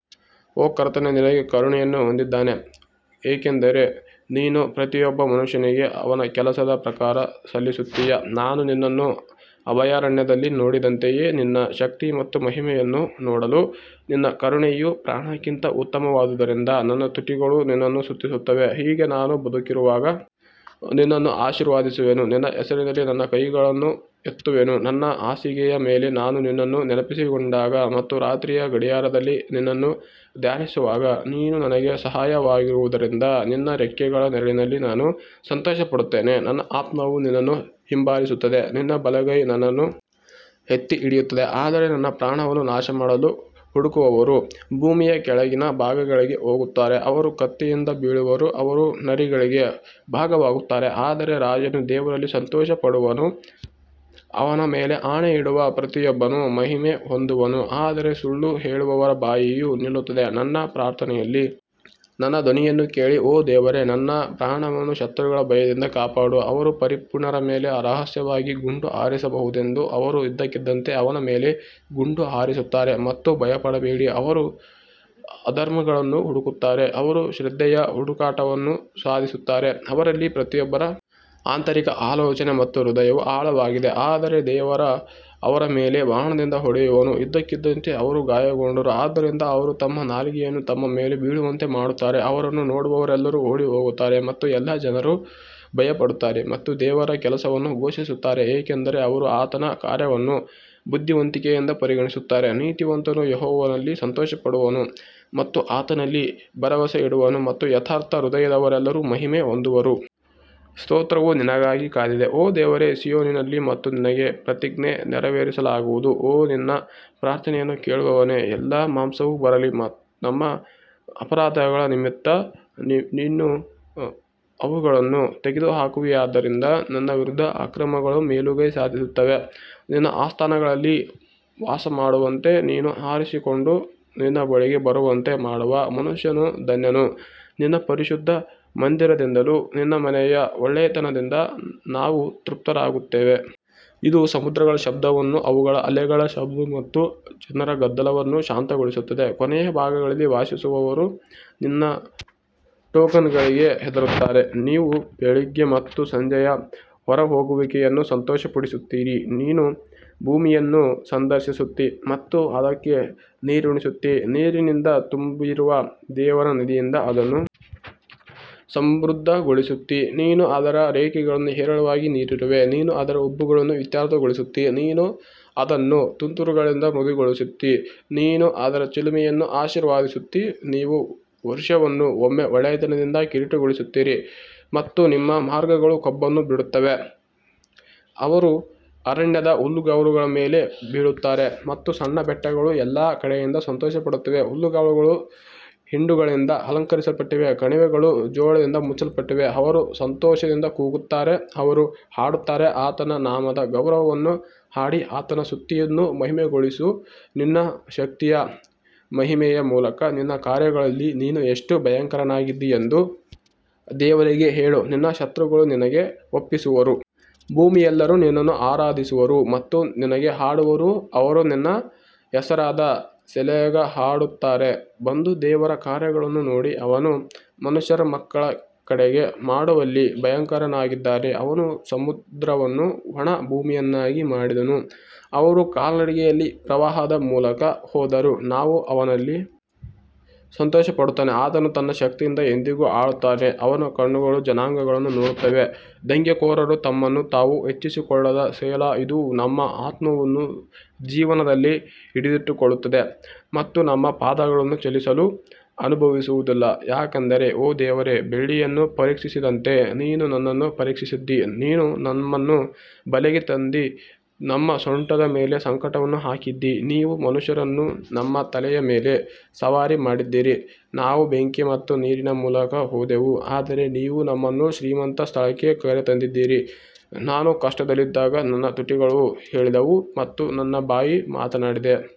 ಓ ಕರ್ತನೇ ನಿನಗೆ ಕರುಣೆಯನ್ನು ಹೊಂದಿದ್ದಾನೆ, ಏಕೆಂದರೆ ನೀನು ಪ್ರತಿಯೊಬ್ಬ ಮನುಷ್ಯನಿಗೆ ಅವನ ಕೆಲಸದ ಪ್ರಕಾರ ಸಲ್ಲಿಸುತ್ತೀಯಾ ನಾನು ನಿನ್ನನ್ನು ಅಭಯಾರಣ್ಯದಲ್ಲಿ ನೋಡಿದಂತೆಯೇ ನಿನ್ನ ಶಕ್ತಿ ಮತ್ತು ಮಹಿಮೆಯನ್ನು ನೋಡಲು ನಿನ್ನ ಕರುಣೆಯು ಪ್ರಾಣಕ್ಕಿಂತ ಉತ್ತಮವಾದುದರಿಂದ ನನ್ನ ತುಟಿಗಳು ನಿನ್ನನ್ನು ಸ್ತುತಿಸುತ್ತವೆ ಹೀಗೆ ನಾನು ಬದುಕಿರುವಾಗ ನಿನ್ನನ್ನು ಆಶೀರ್ವದಿಸುವೆನು ನಿನ್ನ ಹೆಸರಿನಲ್ಲಿ ನನ್ನ ಕೈಗಳನ್ನು ಎತ್ತುವೆನು ನನ್ನ ಹಾಸಿಗೆಯ ಮೇಲೆ ನಾನು ನಿನ್ನನ್ನು ನೆನಪಿಸಿಕೊಂಡಾಗ ಮತ್ತು ರಾತ್ರಿಯ ಗಡಿಯಾರದಲ್ಲಿ ನಿನ್ನನ್ನು ಧ್ಯಾನಿಸುವಾಗ ನೀನು ನನಗೆ ಸಹಾಯವಾಗಿರುವುದರಿಂದ ನಿನ್ನ ರೆಕ್ಕೆಗಳ ನೆರಳಿನಲ್ಲಿ ನಾನು ಸಂತೋಷಪಡುತ್ತೇನೆ ನನ್ನ ಆತ್ಮವು ನಿನ್ನನ್ನು ಹಿಂಬಾಲಿಸುತ್ತದೆ ನಿನ್ನ ಬಲಗೈ ನನ್ನನ್ನು ಎತ್ತಿಹಿಡಿಯುತ್ತದೆ ಆದರೆ ನನ್ನ ಪ್ರಾಣವನ್ನು ನಾಶಮಾಡಲು ಹುಡುಕುವವರು ಭೂಮಿಯ ಕೆಳಗಿನ ಭಾಗಗಳಿಗೆ ಹೋಗುತ್ತಾರೆ ಅವರು ಕತ್ತಿಯಿಂದ ಬೀಳುವರು, ಅವರು ನರಿಗಳಿಗೆ ಭಾಗವಾಗುತ್ತಾರೆ ಆದರೆ ರಾಜನು ದೇವರಲ್ಲಿ ಸಂತೋಷಪಡುವನು, ಅವನ ಮೇಲೆ ಆಣೆಯಿಡುವ ಪ್ರತಿಯೊಬ್ಬನು ಮಹಿಮೆ ಹೊಂದುವನು ಆದರೆ ಸುಳ್ಳು ಹೇಳುವವರ ಬಾಯಿಯು ನಿಲ್ಲುತ್ತದೆ ನನ್ನ ಪ್ರಾರ್ಥನೆಯಲ್ಲಿ ನನ್ನ ಧ್ವನಿಯನ್ನು ಕೇಳಿ ಓ ದೇವರೇ ನನ್ನ ಪ್ರಾಣವನ್ನು ಶತ್ರುಗಳ ಭಯದಿಂದ ಕಾಪಾಡು ಅವರು ಪರಿಪೂರ್ಣರ ಮೇಲೆ ರಹಸ್ಯವಾಗಿ ಗುಂಡು ಹಾರಿಸಬಹುದೆಂದು ಅವರು ಇದ್ದಕ್ಕಿದ್ದಂತೆ ಅವನ ಮೇಲೆ ಗುಂಡು ಹಾರಿಸುತ್ತಾರೆ ಮತ್ತು ಭಯಪಡಬೇಡಿ ಅವರು ಅಧರ್ಮಗಳನ್ನು ಹುಡುಕುತ್ತಾರೆ ಅವರು ಶ್ರದ್ಧೆಯ ಹುಡುಕಾಟವನ್ನು ಸಾಧಿಸುತ್ತಾರೆ ಅವರಲ್ಲಿ ಪ್ರತಿಯೊಬ್ಬರ ಆಂತರಿಕ ಆಲೋಚನೆ ಮತ್ತು ಹೃದಯವು ಆಳವಾಗಿದೆ ಆದರೆ ದೇವರು ಅವರ ಮೇಲೆ ಬಾಣದಿಂದ ಹೊಡೆಯುವನು, ಇದ್ದಕ್ಕಿದ್ದಂತೆ ಅವರು ಗಾಯಗೊಂಡರು ಆದ್ದರಿಂದ ಅವರು ತಮ್ಮ ನಾಲಿಗೆಯನ್ನು ತಮ್ಮ ಮೇಲೆ ಬೀಳುವಂತೆ ಮಾಡುತ್ತಾರೆ, ಅವರನ್ನು ನೋಡುವವರೆಲ್ಲರೂ ಓಡಿಹೋಗುತ್ತಾರೆ ಮತ್ತು ಎಲ್ಲಾ ಜನರು ಭಯಪಡುತ್ತಾರೆ ಮತ್ತು ದೇವರ ಕೆಲಸವನ್ನು ಘೋಷಿಸುತ್ತಾರೆ ಏಕೆಂದರೆ ಅವರು ಆತನ ಕಾರ್ಯವನ್ನು ಬುದ್ಧಿವಂತಿಕೆಯಿಂದ ಪರಿಗಣಿಸುತ್ತಾರೆ ನೀತಿವಂತನು ಯೆಹೋವನಲ್ಲಿ ಸಂತೋಷಪಡುವನು ಮತ್ತು ಆತನಲ್ಲಿ ಭರವಸೆಯಿಡುವನು ಮತ್ತು ಯಥಾರ್ಥ ಹೃದಯದವರೆಲ್ಲರೂ ಮಹಿಮೆ ಹೊಂದುವರು. ಸ್ತೋತ್ರವು ನಿನಗಾಗಿ ಕಾದಿದೆ ಓ ದೇವರೇ ಸಿಯೋನಿನಲ್ಲಿ ಮತ್ತು ನಿನಗೆ ಪ್ರತಿಜ್ಞೆ ನೆರವೇರಿಸಲಾಗುವುದು ಓ ನಿನ್ನ ಪ್ರಾರ್ಥನೆಯನ್ನು ಕೇಳುವವನೇ, ಎಲ್ಲಾ ಮಾಂಸವು ಬರಲಿ ನಮ್ಮ ಅಪರಾಧಗಳ ನಿಮಿತ್ತ ನೀನು ಅವುಗಳನ್ನು ತೊಡೆದುಹಾಕುವಿಯಾದ್ದರಿಂದ ನನ್ನ ವಿರುದ್ಧ ಅಕ್ರಮಗಳು ಮೇಲುಗೈ ಸಾಧಿಸುತ್ತವೆ ನಿನ್ನ ಆಸ್ಥಾನಗಳಲ್ಲಿ ವಾಸಮಾಡುವಂತೆ ನೀನು ಆರಿಸಿಕೊಂಡು ನಿನ್ನ ಬಳಿಗೆ ಬರುವಂತೆ ಮಾಡುವ ಮನುಷ್ಯನು ಧನ್ಯನು, ನಿನ್ನ ಪರಿಶುದ್ಧ ಮಂದಿರದಿಂದಲೂ ನಿನ್ನ ಮನೆಯ ಒಳ್ಳೆಯತನದಿಂದ ನಾವು ತೃಪ್ತರಾಗುತ್ತೇವೆ. ಇದು ಸಮುದ್ರಗಳ ಶಬ್ದವನ್ನು ಅವುಗಳ ಅಲೆಗಳ ಶಬ್ದ ಮತ್ತು ಜನರ ಗದ್ದಲವನ್ನು ಶಾಂತಗೊಳಿಸುತ್ತದೆ ಕೊನೆಯ ಭಾಗಗಳಲ್ಲಿ ವಾಸಿಸುವವರೂ ನಿನ್ನ ಟೋಕನ್ಗಳಿಗೆ ಹೆದರುತ್ತಾರೆ, ನೀವು ಬೆಳಿಗ್ಗೆ ಮತ್ತು ಸಂಜೆಯ ಹೊರಹೋಗುವಿಕೆಯನ್ನು ಸಂತೋಷಪಡಿಸುತ್ತೀರಿ ನೀನು ಭೂಮಿಯನ್ನು ಸಂದರ್ಶಿಸುತ್ತೀ ಮತ್ತು ಅದಕ್ಕೆ ನೀರುಣಿಸುತ್ತೀ, ನೀರಿನಿಂದ ತುಂಬಿರುವ ದೇವರ ನದಿಯಿಂದ ಅದನ್ನು ಸಮೃದ್ಧಗೊಳಿಸುತ್ತೀ ನೀನು ಅದರ ರೇಖೆಗಳನ್ನು ಹೇರಳವಾಗಿ ನೀರಿರುವೆ, ನೀನು ಅದರ ಉಬ್ಬುಗಳನ್ನು ಇತ್ಯರ್ಥಗೊಳಿಸುತ್ತೀ, ನೀನು ಅದನ್ನು ತುಂತುರುಗಳಿಂದ ಮೃದುಗೊಳಿಸುತ್ತೀ, ನೀನು ಅದರ ಚಿಲುಮೆಯನ್ನು ಆಶೀರ್ವದಿಸುತ್ತೀ ನೀವು ವರ್ಷವನ್ನು ನಿಮ್ಮ ಒಳ್ಳೆಯತನದಿಂದ ಕಿರೀಟಗೊಳಿಸುತ್ತೀರಿ ಮತ್ತು ನಿಮ್ಮ ಮಾರ್ಗಗಳು ಕೊಬ್ಬನ್ನು ಬಿಡುತ್ತವೆ ಅವರು ಅರಣ್ಯದ ಹುಲ್ಲುಗಾವಲುಗಳ ಮೇಲೆ ಬೀಳುತ್ತಾರೆ ಮತ್ತು ಸಣ್ಣ ಬೆಟ್ಟಗಳು ಎಲ್ಲಾ ಕಡೆಯಿಂದ ಸಂತೋಷಪಡುತ್ತವೆ ಹುಲ್ಲುಗಾವಲುಗಳು ಹಿಂಡುಗಳಿಂದ ಅಲಂಕರಿಸಲ್ಪಟ್ಟಿವೆ, ಕಣಿವೆಗಳು ಜೋಳದಿಂದ ಮುಚ್ಚಲ್ಪಟ್ಟಿವೆ, ಅವರು ಸಂತೋಷದಿಂದ ಕೂಗುತ್ತಾರೆ, ಅವರು ಹಾಡುತ್ತಾರೆ ಆತನ ನಾಮದ ಗೌರವವನ್ನು ಹಾಡಿ ಆತನ ಸ್ತುತಿಯನ್ನು ಮಹಿಮೆಗೊಳಿಸು ನಿನ್ನ ಶಕ್ತಿಯ ಮಹಿಮೆಯ ಮೂಲಕ ನಿನ್ನ ಕಾರ್ಯಗಳಲ್ಲಿ ನೀನು ಎಷ್ಟು ಭಯಂಕರನಾಗಿದ್ದೀ ಎಂದು ದೇವರಿಗೆ ಹೇಳು ನಿನ್ನ ಶತ್ರುಗಳು ನಿನಗೆ ಒಪ್ಪಿಸುವರು. ಭೂಮಿಯೆಲ್ಲರೂ ನಿನ್ನನ್ನು ಆರಾಧಿಸುವರು ಮತ್ತು ನಿನಗೆ ಹಾಡುವರು ಅವರು ನಿನ್ನ ಹೆಸರಾದ ಸೆಲಾಗೆ ಹಾಡುತ್ತಾರೆ ಬಂದು ದೇವರ ಕಾರ್ಯಗಳನ್ನು ನೋಡಿ ಅವನು ಮನುಷ್ಯರ ಮಕ್ಕಳ ಕಡೆಗೆ ಮಾಡುವಲ್ಲಿ ಭಯಂಕರನಾಗಿದ್ದಾನೆ ಅವನು ಸಮುದ್ರವನ್ನು ಒಣ ಭೂಮಿಯನ್ನಾಗಿ ಮಾಡಿದನು, ಅವರು ಕಾಲ್ನಡಿಗೆಯಲ್ಲಿ ಪ್ರವಾಹದ ಮೂಲಕ ಹೋದರು, ನಾವು ಅವನಲ್ಲಿ ಸಂತೋಷಪಡುತ್ತೇವೆ ಆತನು ತನ್ನ ಶಕ್ತಿಯಿಂದ ಎಂದೆಂದಿಗೂ ಆಳುತ್ತಾನೆ ಅವನ ಕಣ್ಣುಗಳು ಜನಾಂಗಗಳನ್ನು ನೋಡುತ್ತವೆ ದಂಗೆಕೋರರು ತಮ್ಮನ್ನು ತಾವು ಹೆಚ್ಚಿಸಿಕೊಳ್ಳದ ಸೆಲಾ ಇದು ನಮ್ಮ ಆತ್ಮವನ್ನು ಜೀವನದಲ್ಲಿ ಹಿಡಿದಿಟ್ಟುಕೊಳ್ಳುತ್ತದೆ ಮತ್ತು ನಮ್ಮ ಪಾದಗಳನ್ನು ಚಲಿಸಲು ಅನುಭವಿಸುವುದಿಲ್ಲ ಯಾಕಂದರೆ ಓ ದೇವರೇ, ಬೆಳ್ಳಿಯನ್ನು ಪರೀಕ್ಷಿಸಿದಂತೆ ನೀನು ನಮ್ಮನ್ನು ಪರೀಕ್ಷಿಸಿದ್ದೀ ನೀನು ನಮ್ಮನ್ನು ಬಲೆಗೆ ತಂದಿ ನಮ್ಮ ಸೊಂಟದ ಮೇಲೆ ಸಂಕಟವನ್ನು ಹಾಕಿದ್ದೀ ನೀವು ಮನುಷ್ಯರನ್ನು ನಮ್ಮ ತಲೆಯ ಮೇಲೆ ಸವಾರಿ ಮಾಡಿದ್ದೀರಿ ನಾವು ಬೆಂಕಿ ಮತ್ತು ನೀರಿನ ಮೂಲಕ ಹೋದೆವು ಆದರೆ ನೀವು ನಮ್ಮನ್ನು ಶ್ರೀಮಂತ ಸ್ಥಳಕ್ಕೆ ಕರೆತಂದಿದ್ದೀರಿ ನಾನು ಕಷ್ಟದಲ್ಲಿದ್ದಾಗ ನನ್ನ ತುಟಿಗಳು ಹೇಳಿದವು ಮತ್ತು ನನ್ನ ಬಾಯಿ ಮಾತನಾಡಿದೆ.